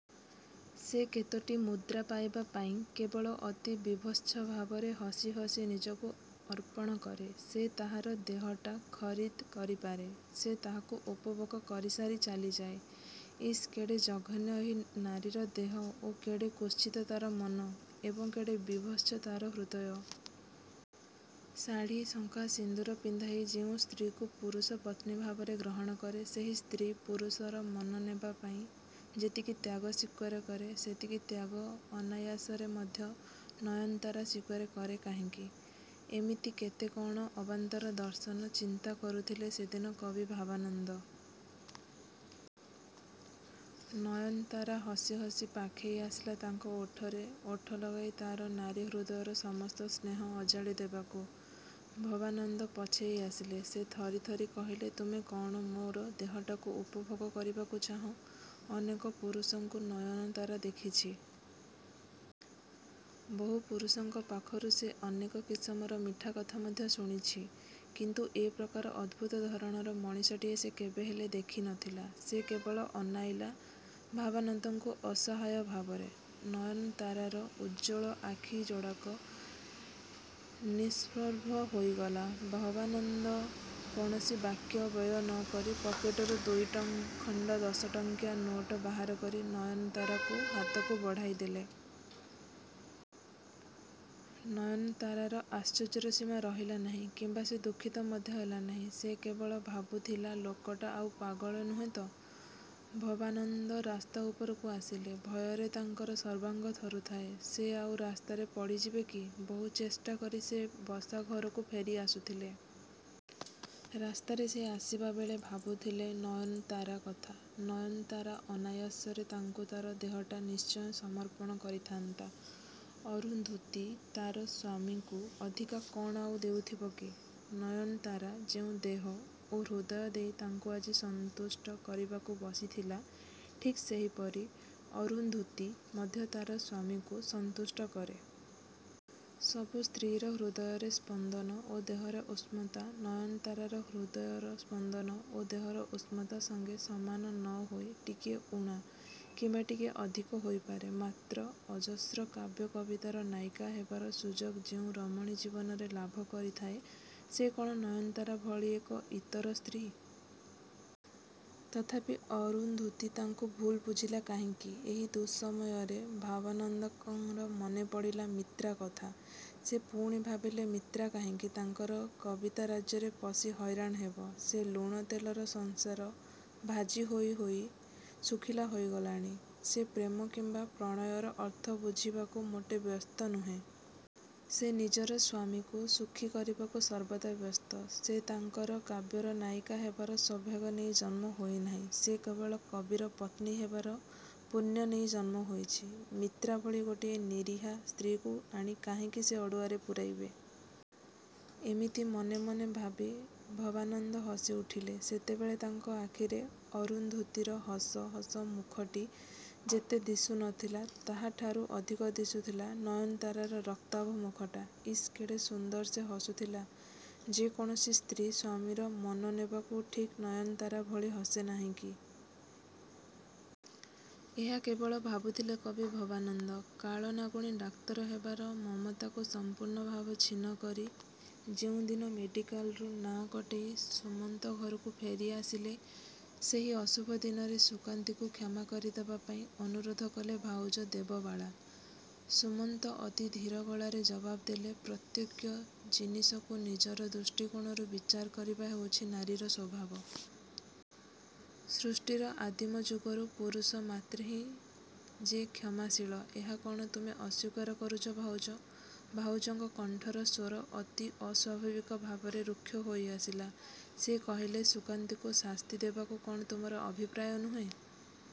ସେ କେତୋଟି ମୁଦ୍ରା ପାଇବା ପାଇଁ କେବଳ ଅତି ବିଭତ୍ସ ଭାବରେ ହସି ହସି ନିଜକୁ ଅର୍ପଣ କରେ। ସେ ତାହାର ଦେହଟା ଖରିଦ୍ କରିପାରେ, ସେ ତାହାକୁ ଉପଭୋଗ କରିସାରି ଚାଲିଯାଏ। ଇସ୍ କେଡ଼େ ଜଘନ୍ୟ ଏହି ନାରୀର ଦେହ ଓ କେଡ଼େ କୁତ୍ସିତ ତା'ର ମନ ଏବଂ କେଡ଼େ ବିଭତ୍ସ ତା'ର ହୃଦୟ? ଶାଢ଼ି, ଶଙ୍ଖା, ସିନ୍ଦୂର ପିନ୍ଧାଇ ଯେଉଁ ସ୍ତ୍ରୀକୁ ପୁରୁଷ ପତ୍ନୀଭାବରେ ଗ୍ରହଣ କରେ, ସେହି ସ୍ତ୍ରୀ ପୁରୁଷର ମନ ନେବାପାଇଁ ଯେତିକି ତ୍ୟାଗ ସ୍ୱୀକାର କରେ, ସେତିକି ତ୍ୟାଗ ଅନାୟାସରେ ମଧ୍ୟ ନୟନତାରା ସ୍ଵୀକାର କରେ କାହିଁକି? ଏମିତି କେତେ କ'ଣ ଅବାନ୍ତର ଦର୍ଶନ ଚିନ୍ତାକରୁଥିଲେ ସେଦିନ କବି ଭବାନନ୍ଦ। ନୟନତାରା ହସିହସି ପାଖେଇ ଆସିଲା ତାଙ୍କ ଓଠରେ ଓଠ ଲଗାଇ ତା'ର ନାରୀ ହୃଦୟର ସମସ୍ତ ସ୍ନେହ ଅଜାଡ଼ି ଦେବାକୁ। ଭବାନନ୍ଦ ପଛେଇ ଆସିଲେ। ସେ ଥରି ଥରି କହିଲେ, ''ତୁମେ କ'ଣ ମୋର ଦେହଟାକୁ ଉପଭୋଗ କରିବାକୁ ଚାହଁ? '' ଅନେକ ପୁରୁଷଙ୍କୁ ନୟନତାରା ଦେଖିଛି। ବହୁ ପୁରୁଷଙ୍କ ପାଖରୁ ସେ ଅନେକ କିସମର ମିଠାକଥା ମଧ୍ୟ ଶୁଣିଛି, କିନ୍ତୁ ଏ ପ୍ରକାର ଅଦ୍ଭୁତ ଧରଣର ମଣିଷଟିଏ ସେ କେବେହେଲେ ଦେଖିନଥିଲା। ସେ କେବଳ ଅନାଇଲା ଭବାନନ୍ଦଙ୍କୁ ଅସହାୟ ଭାବରେ। ନୟନତାରାର ଉଜ୍ଜ୍ୱଳ ଆଖିଯୋଡ଼ାକ ନିଷ୍ପ୍ରଭ ହୋଇଗଲା। ଭବାନନ୍ଦ କୌଣସି ବାକ୍ୟ ବ୍ୟୟ ନ କରି ପକେଟରୁ ଦୁଇଖଣ୍ଡ ଦଶଟଙ୍କିଆ ନୋଟ ବାହାରକରି ନୟନତାରା ହାତକୁ ବଢ଼ାଇଦେଲେ। ନୟନତାରାର ଆଶ୍ଚର୍ଯ୍ୟର ସୀମା ରହିଲା ନାହିଁ କିମ୍ବା ସେ ଦୁଃଖିତ ମଧ୍ୟ ହେଲା ନାହିଁ। ସେ କେବଳ ଭାବୁଥିଲା ଲୋକଟା ଆଉ ପାଗଳ ନୁହେଁ ତ-? ଭବାନନ୍ଦ ରାସ୍ତା ଉପରକୁ ଆସିଲେ। ଭୟରେ ତାଙ୍କର ସର୍ବାଙ୍ଗ ଥରୁଥାଏ। ସେ ଆଉ ରାସ୍ତାରେ ପଡ଼ିଯିବେ କି? ବହୁ ଚେଷ୍ଟାକରି ସେ ବସାଘରକୁ ଫେରି ଆସୁଥିଲେ। ରାସ୍ତାରେ ସେ ଆସିବାବେଳେ ଭାବୁଥିଲେ ନୟନତାରା କଥା। ନୟନତାରା ଅନାୟସରେ ତାଙ୍କୁ ତା'ର ଦେହଟା ନିଶ୍ଚୟ ସମର୍ପଣ କରିଥାନ୍ତା। ଅରୁନ୍ଧୁତୀ ତା'ର ସ୍ୱାମୀକୁ ଅଧିକା କ'ଣ ଆଉ ଦେଉଥିବ କି? ନୟନତାରା ଯେଉଁ ଦେହ ଓ ହୃଦୟ ଦେଇ ତାଙ୍କୁ ଆଜି ସନ୍ତୁଷ୍ଟ କରିବାକୁ ବସିଥିଲା, ଠିକ୍ ସେହିପରି ଅରୁନ୍ଧୁତୀ ମଧ୍ୟ ତା'ର ସ୍ୱାମୀକୁ ସନ୍ତୁଷ୍ଟ କରେ। ସବୁ ସ୍ତ୍ରୀର ହୃଦୟର ସ୍ପନ୍ଦନ ଓ ଦେହର ଉଷ୍ମତା ନୟନତାରାର ହୃଦୟର ସ୍ପନ୍ଦନ ଓ ଦେହର ଉଷ୍ମତା ସଙ୍ଗେ ସମାନ ନ ହୋଇ ଟିକିଏ ଊଣା କିମ୍ବା ଟିକିଏ ଅଧିକ ହୋଇପାରେ। ମାତ୍ର ଅଜସ୍ର କାବ୍ୟ କବିତାର ନାୟିକା ହେବାର ସୁଯୋଗ ଯେଉଁ ରମଣୀ ଜୀବନରେ ଲାଭ କରିଥାଏ ସେ କ'ଣ ନୟନତାରା ଭଳି ଏକ ଇତର ସ୍ତ୍ରୀ? ତଥାପି ଅରୁନ୍ଧୁତୀ ତାଙ୍କୁ ଭୁଲ ବୁଝିଲା କାହିଁକି? ଏହି ଦୁଃସମୟରେ ଭବାନନ୍ଦଙ୍କର ମନେପଡ଼ିଲା ମିତ୍ରାକଥା। ସେ ପୁଣି ଭାବିଲେ ମିତ୍ରା କାହିଁକି ତାଙ୍କର କବିତା ରାଜ୍ୟରେ ପଶି ହଇରାଣ ହେବ? ସେ ଲୁଣ ତେଲର ସଂସାରରେ ଭାଜି ହୋଇ ହୋଇ ଶୁଖୁଆ ହୋଇଗଲାଣି। ସେ ପ୍ରେମ କିମ୍ବା ପ୍ରଣୟର ଅର୍ଥ ବୁଝିବାକୁ ମୋଟେ ବ୍ୟସ୍ତ ନୁହେଁ। ସେ ନିଜର ସ୍ୱାମୀକୁ ସୁଖୀ କରିବାକୁ ସର୍ବଦା ବ୍ୟସ୍ତ। ସେ ତାଙ୍କର କାବ୍ୟର ନାୟିକା ହେବାର ସୌଭାଗ୍ୟ ନେଇ ଜନ୍ମ ହୋଇନାହିଁ। ସେ କେବଳ କବିର ପତ୍ନୀ ହେବାର ପୁଣ୍ୟ ନେଇ ଜନ୍ମ ହୋଇଛି। ମିତ୍ରା ଭଳି ଗୋଟିଏ ନିରୀହା ସ୍ତ୍ରୀକୁ ଆଣି କାହିଁକି ସେ ଅଡ଼ୁଆରେ ପୂରାଇବେ? ଏତିକି ମନେମନେ ଭାବି ଭବାନନ୍ଦ ହସିଉଠିଲେ। ସେତେବେଳେ ତାଙ୍କର ଆଖିରେ ଅରୁନ୍ଧୁତୀର ହସ ହସ ମୁଖଟି ଯେତେ ଦିଶୁନଥିଲା ତାହାଠାରୁ ଅଧିକ ଦିଶୁଥିଲା ନୟନତାରାର ରକ୍ତାଭ ମୁଖଟା। ଇସ୍ କେଡ଼େ ସୁନ୍ଦର ସେ ହସୁଥିଲା। 'ଯେ କୌଣସି ସ୍ତ୍ରୀ ସ୍ୱାମୀର ମନନେବାକୁ ଠିକ୍ ନୟନତାରା ଭଳି ହସେ ନାହିଁକି? ' ଏହା କେବଳ ଭାବୁଥିଲେ କବି ଭବାନନ୍ଦ। କାଳ ନାଗୁଣୀ ଡାକ୍ତର ହେବାର ମମତାକୁ ସମ୍ପୂର୍ଣ୍ଣଭାବେ ଛିନ୍ନକରି ଯେଉଁଦିନ ମେଡିକାଲରୁ ନାଁ କଟେଇ ସୁମନ୍ତ ଘରକୁ ଫେରିଆସିଲେ ସେହି ଅଶୁଭ ଦିନରେ ସୁକାନ୍ତିକୁ କ୍ଷମା ଦେବାପାଇଁ ଅନୁରୋଧ କଲେ ଭାଉଜ ଦେବବାଳା। ସୁମନ୍ତ ଅତି ଧୀର ଗଳାରେ ଜବାବ୍ ଦେଲେ ''ପ୍ରତ୍ୟେକ ଜିନିଷକୁ ନିଜର ଦୃଷ୍ଟିକୋଣରୁ ବିଚାର କରିବା ହେଉଛି ନାରୀର ସ୍ୱଭାବ। ସୃଷ୍ଟିର ଆଦିମଯୁଗରୁ ପୁରୁଷ ମାତ୍ରେ ହିଁ ଯେ କ୍ଷମାଶୀଳ ଏହା କ'ଣ ତୁମେ ଅସ୍ୱୀକାର କରୁଛ ଭାଉଜ? '' ଭାଉଜଙ୍କ କଣ୍ଠର ସ୍ୱର ଅତି ଅସ୍ୱାଭାବିକ ଭାବରେ ଋକ୍ଷ ହୋଇଆସିଲା। ସେ କହିଲେ, ''ସୁକାନ୍ତୀକୁ ଶାସ୍ତିଦେବାକୁ କ'ଣ ତୁମର ଅଭିପ୍ରାୟ ନୁହେଁ?